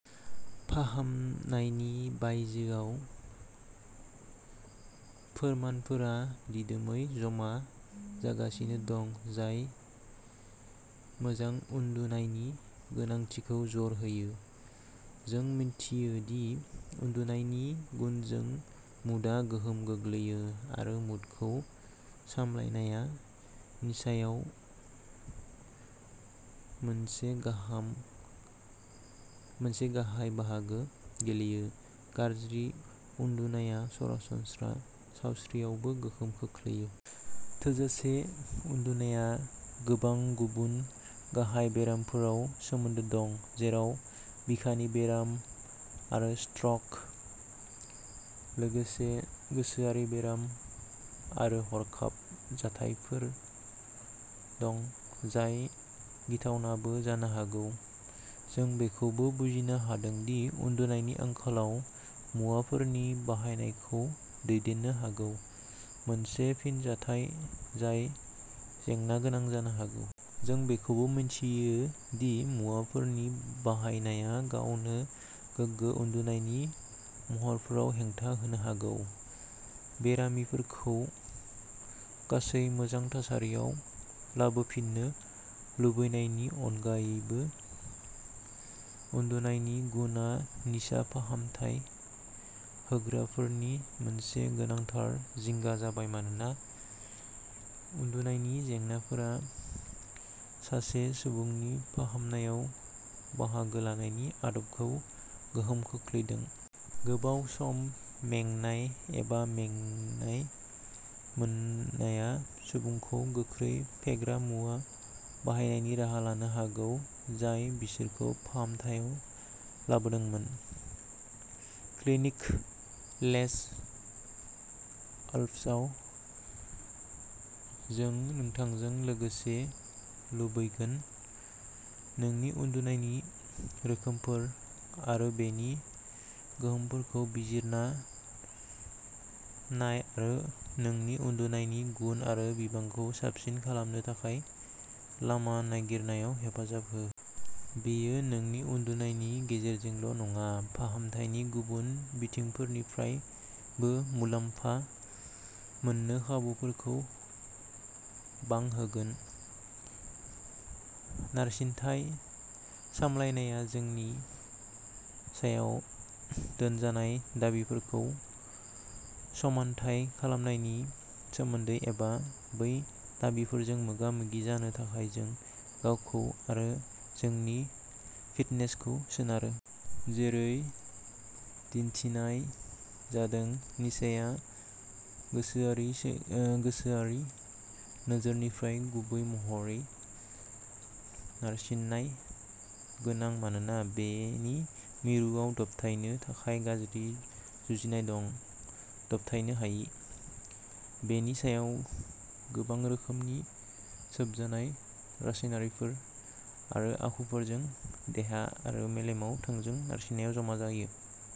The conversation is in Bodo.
फाहामनायनि बायजोआव। फोरमानफोरा दिदोमै जमा जागासिनो दं जाय मोजां उन्दुनायनि गोनांथिखौ जर होयो। जों मिथियो दि उन्दुनायनि गुनजों मुडआ गोहोम गोग्लैयो आरो मुडखौ सामलायनाया निसायाव मोनसे गाहाय बाहागो गेलेयो। गाज्रि उन्दुनाया सरासनस्रा सावस्रियावबो गोहोम खोख्लैयो। थोजासे उन्दुनाया गोबां गुबुन गाहाय बेरामफोराव सोमोन्दो गोनां, जेराव बिखानि बेराम आरो स्ट्रक लोगोसे गोसोआरि बेराम आरो हरखाब जाथायफोर दं, जाय गिथावनाबो जानो हागौ। जों बेखौबो बुजिनो हादों दि उन्दुनायनि आंखालआ मुवाफोरनि बाहायनायखौ दैदेननो हागौ, मोनसे फिनजाथाय जाय जेंनागोनां जानो हागौ। जों बेखौबो मिन्थियो दि मुवाफोरनि बाहायनाया गावनो गोगो उन्दुनायनि महरफोराव हेंथा होनो हागौ। बेरामिफोरखौ गासै मोजां थासारियाव लाबोफिननो लुबैनायनि अनगायैबो, उन्दुनायनि गुनआ निसा फाहामथाय होग्राफोरनि मोनसे गोनांथार जिंगा जाबाय मानोना उन्दुनायनि जेंनाफोरा सासे सुबुंनि फाहामनायाव बाहागो लानायनि आदबखौ गोहोम खोख्लैदों। गोबाव सम मेंनाय एबा मेंनाय मोननाया सुबुंखौ गोख्रै फेग्रा मुवा बाहायनायनि राहा लानो हागौ जाय बिसोरखौ फाहामथायाव लाबोदोंमोन। क्लिनिक लेस आल्प्सआव जों नोंथांजों लोगोसे लुबैगोन। नोंनि उन्दुनायनि रोखोमफोर आरो बेनि गोहोमफोरखौ बिजिरना नाय आरो नोंनि उन्दुनायनि गुन आरो बिबांखौ साबसिन खालामनो थाखाय लामा नागिरनायाव हेफाजाब हो। बेयो नोंनि उन्दुनायनि गेजेरजोंल' नङा, फाहामथायनि गुबुन बिथिंफोरनिफ्रायबो मुलाम्फा मोननो खाबुफोरखौ बांहोगोन। नारसिनथाय सामलायनाया जोंनि सायाव दोनजानाय दाबिफोरखौ समानथाय खालामनायनि सोमोन्दै एबा बै दाबिफोरजों मोगा-मोगि जानो थाखाय जों गावखौ आरो जोंनि फिटनेसखौ सोनारो। जेरै दिनथिनाय जादों, निसाया गोसोआरि-गोसोआरि नोजोरनिफ्राय गुबै महरै नारसिननाय गोनां मानोना बेनि मिरुआव दबथायनो थाखाय गाज्रि जुजिनाय दं। दबथायनो हायै। बेनि सायाव गोबां रोखोमनि सोबजानाय रासायनारिफोर आरो आखुफोरजों देहा आरो मेलेमाव थोंजों नारसिननाय जमा जायो।